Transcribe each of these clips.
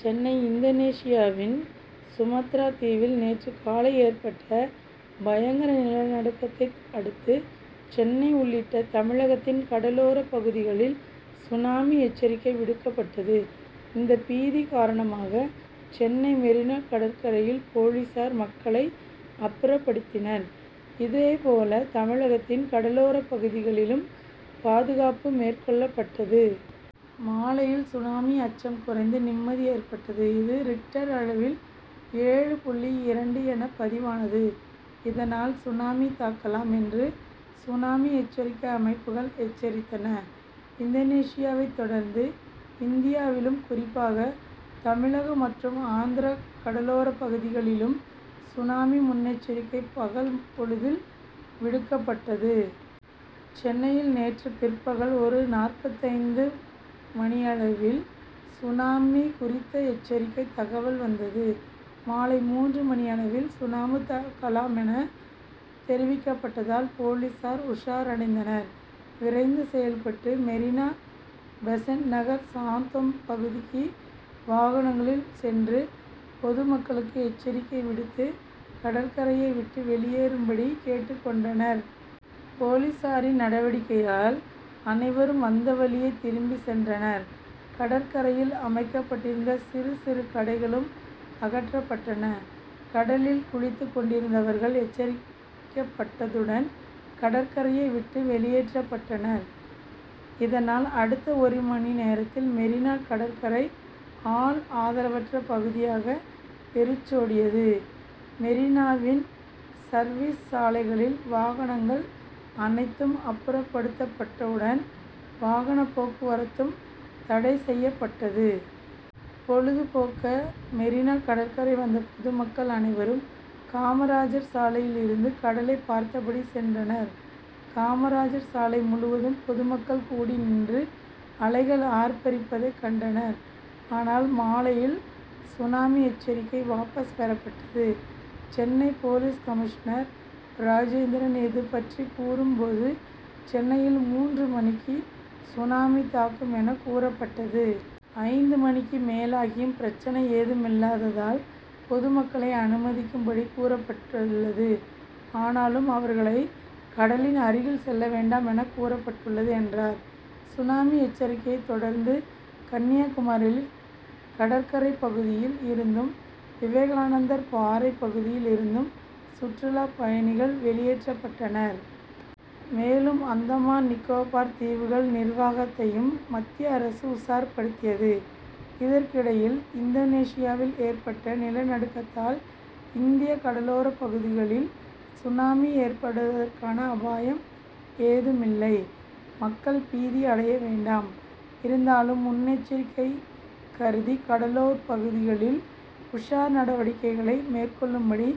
சென்னை இந்தோனேசியாவின் சுமத்ரா தீவில் நேற்று காலை ஏற்பட்ட பயங்கர நிலநடுக்கத்தை அடுத்து சென்னை உள்ளிட்ட தமிழகத்தின் கடலோர பகுதிகளில் சுனாமி எச்சரிக்கை விடுக்கப்பட்டது. இந்த பீதி காரணமாக சென்னை மெரீனா கடற்கரையில் போலீசார் மக்களை அப்புறப்படுத்தினர். இதே போல தமிழகத்தின் கடலோரப் பகுதிகளிலும் பாதுகாப்பு மேற்கொள்ளப்பட்டது. மாலையில் சுனாமி அச்சம் குறைந்து நிம்மதி ஏற்பட்டது. இது ரிக்டர் அளவில் ஏழு புள்ளி இரண்டு என பதிவானது. இதனால் சுனாமி தாக்கலாம் என்று சுனாமி எச்சரிக்கை அமைப்புகள் எச்சரித்தன. இந்தோனேசியாவை தொடர்ந்து இந்தியாவிலும் குறிப்பாக தமிழகம் மற்றும் ஆந்திர கடலோரப் பகுதிகளிலும் சுனாமி முன்னெச்சரிக்கை பகல் பொழுதில் விடுக்கப்பட்டது. சென்னையில் நேற்று பிற்பகல் ஒரு நாற்பத்தைந்து மணியளவில் சுனாமி குறித்த எச்சரிக்கை தகவல் வந்தது. மாலை மூன்று மணியளவில் சுனாமி தாக்கலாம் என தெரிவிக்கப்பட்டதால் போலீசார் உஷாரடைந்தனர். விரைந்து செயல்பட்டு மெரீனா பெசன்ட்நகர் சாந்தோம் பகுதிக்கு வாகனங்களில் சென்று பொதுமக்களுக்கு எச்சரிக்கை விடுத்து கடற்கரையை விட்டு வெளியேறும்படி கேட்டுக் கொண்டனர். போலீசாரின் நடவடிக்கையால் அனைவரும் வந்தவழியே திரும்பிச் சென்றனர். கடற்கரையில் அமைக்கப்பட்டிருந்த சிறு சிறு கடைகளும் அகற்றப்பட்டன. கடலில் குளித்துக் கொண்டிருந்தவர்கள் எச்சரிக்கப்பட்டதுடன் கடற்கரையை விட்டு வெளியேற்றப்பட்டனர். இதனால் அடுத்த ஒரு மணி நேரத்தில் மெரீனா கடற்கரை ஆள் ஆரவமற்ற பகுதியாக வெறிச்சோடியது. மெரீனாவின் சர்வீஸ் சாலைகளில் வாகனங்கள் அனைத்தும் அப்புறப்படுத்தப்பட்டதுடன் வாகன போக்குவரத்தும் தடைசெய்யப்பட்டது. பொழுதுபோக்க மெரீனா கடற்கரை வந்த பொதுமக்கள் அனைவரும் காமராஜர் சாலையில் இருந்து கடலை பார்த்தபடி சென்றனர். காமராஜர் சாலை முழுவதும் பொதுமக்கள் கூடி நின்று அலைகள் ஆர்ப்பரிப்பதைக் கண்டனர். ஆனால் மாலையில் சுனாமி எச்சரிக்கை வாபஸ் பெறப்பட்டது. சென்னை போலீஸ் கமிஷனர் ராஜேந்திரன் இதுபற்றி கூறும் போது சென்னையில் மூன்று மணிக்கு சுனாமி தாக்கும் என கூறப்பட்டது. ஐந்து மணிக்கு மேலாகியும் பிரச்னை ஏதும் இல்லாததால் பொதுமக்களை அனுமதிக்கும் படி கூறப்பட்டுள்ளது. ஆனாலும் அவர்களை கடலின் அருகில் செல்ல வேண்டாம் என கூறப்பட்டுள்ளது என்றார். சுனாமி எச்சரிக்கையை தொடர்ந்து கன்னியாகுமரியில் கடற்கரை பகுதியில் இருந்தும் விவேகானந்தர் பாறை பகுதியில் இருந்தும் சுற்றுலாப் பயணிகள் வெளியேற்றப்பட்டனர். மேலும் அந்தமான் நிகோபர் தீவுகள் நிர்வாகத்தையும் மத்திய அரசு உஷார்படுத்தியது. இதற்கிடையில் இந்தோனேசியாவில் ஏற்பட்ட நிலநடுக்கத்தால் இந்திய கடலோர பகுதிகளில் சுனாமி ஏற்படுவதற்கான அபாயம் எதுவும் இல்லை. மக்கள் பீதி அடைய வேண்டாம். இருந்தாலும் முன்னெச்சரிக்கை கருதி கடலோர பகுதிகளில் உஷார் நடவடிக்கைகளை மேற்கொள்ளும்படி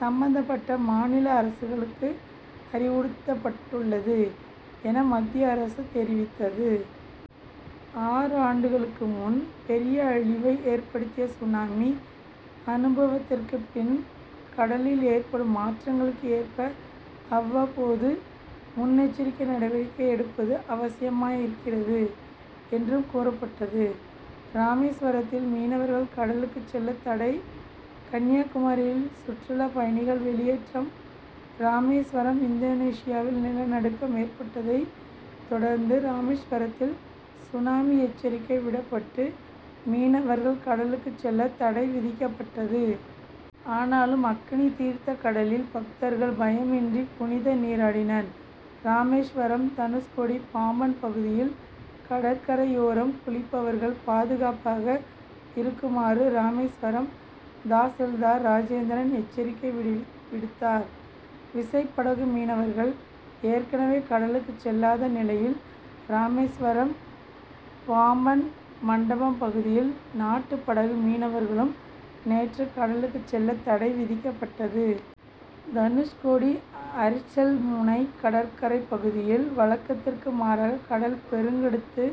சம்பந்தபட்ட மாநில அரசுகளுக்கு அறிவுறுத்தப்பட்டுள்ளது என மத்திய அரசு தெரிவித்தது. ஆறு ஆண்டுகளுக்கு முன் பெரிய அழிவை ஏற்படுத்திய சுனாமி அனுபவத்திற்குப் பின் கடலில் ஏற்படும் மாற்றங்களுக்கு ஏற்ப அவ்வப்போது முன்னெச்சரிக்கை நடவடிக்கை எடுப்பது அவசியமாகிறது என்றும் கூறப்பட்டது. ராமேஸ்வரத்தில் மீனவர்கள் கடலுக்கு செல்ல தடை கன்னியாகுமரியில் சுற்றுலா பயணிகள் வெளியேற்றம் ராமேஸ்வரம் இந்தோனேசியாவில் நிலநடுக்கம் ஏற்பட்டதை தொடர்ந்து ராமேஸ்வரத்தில் சுனாமி எச்சரிக்கை விடப்பட்டு மீனவர்கள் கடலுக்கு செல்ல தடை விதிக்கப்பட்டது. ஆனாலும் அக்னிதீர்த்த கடலில் பக்தர்கள் பயமின்றி புனித நீராடினர். ராமேஸ்வரம் தனுஷ்கோடி பாம்பன் பகுதியில் கடற்கரையோரம் குடியிருப்பவர்கள் பாதுகாப்பாக இருக்குமாறு ராமேஸ்வரம் தாசில்தார் ராஜேந்திரன் எச்சரிக்கை விடுத்தார். விசைப்படகு மீனவர்கள் ஏற்கனவே கடலுக்கு செல்லாத நிலையில் ராமேஸ்வரம் பாம்பன் மண்டபம் பகுதியில் நாட்டுப்படகு மீனவர்களும் நேற்று கடலுக்கு செல்ல தடை விதிக்கப்பட்டது. தனுஷ்கோடி அரிச்சல்முனை கடற்கரை பகுதியில் வழக்கத்திற்கு மாறாக கடல் பெருங்கெடுத்து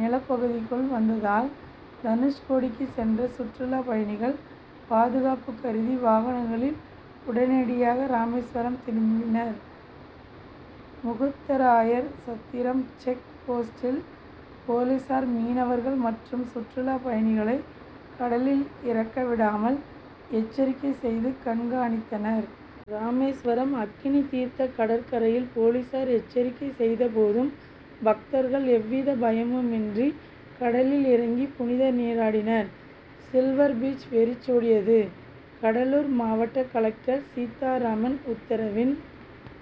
நிலப்பகுதிக்குள் வந்ததால் தனுஷ்கோடிக்கு சென்ற சுற்றுலாப் பயணிகள் பாதுகாப்பு கருதி வாகனங்களில் உடனடியாக ராமேஸ்வரம் திரும்பினர். முகுந்தராயர் சத்திரம் செக் போஸ்டில் போலீசார் மீனவர்கள் மற்றும் சுற்றுலாப் பயணிகளை கடலில் இறங்க விடாமல் எச்சரிக்கை செய்து கண்காணித்தனர். ராமேஸ்வரம் அக்னிதீர்த்த கடற்கரையில் போலீசார் எச்சரிக்கை செய்த போதும் பக்தர்கள் எவ்வித பயமுமின்றி கடலில் இறங்கி புனித நீராடினர். சில்வர் பீச் வெறிச்சோடியது கடலூர் மாவட்ட கலெக்டர் சீத்தாராமன் உத்தரவின்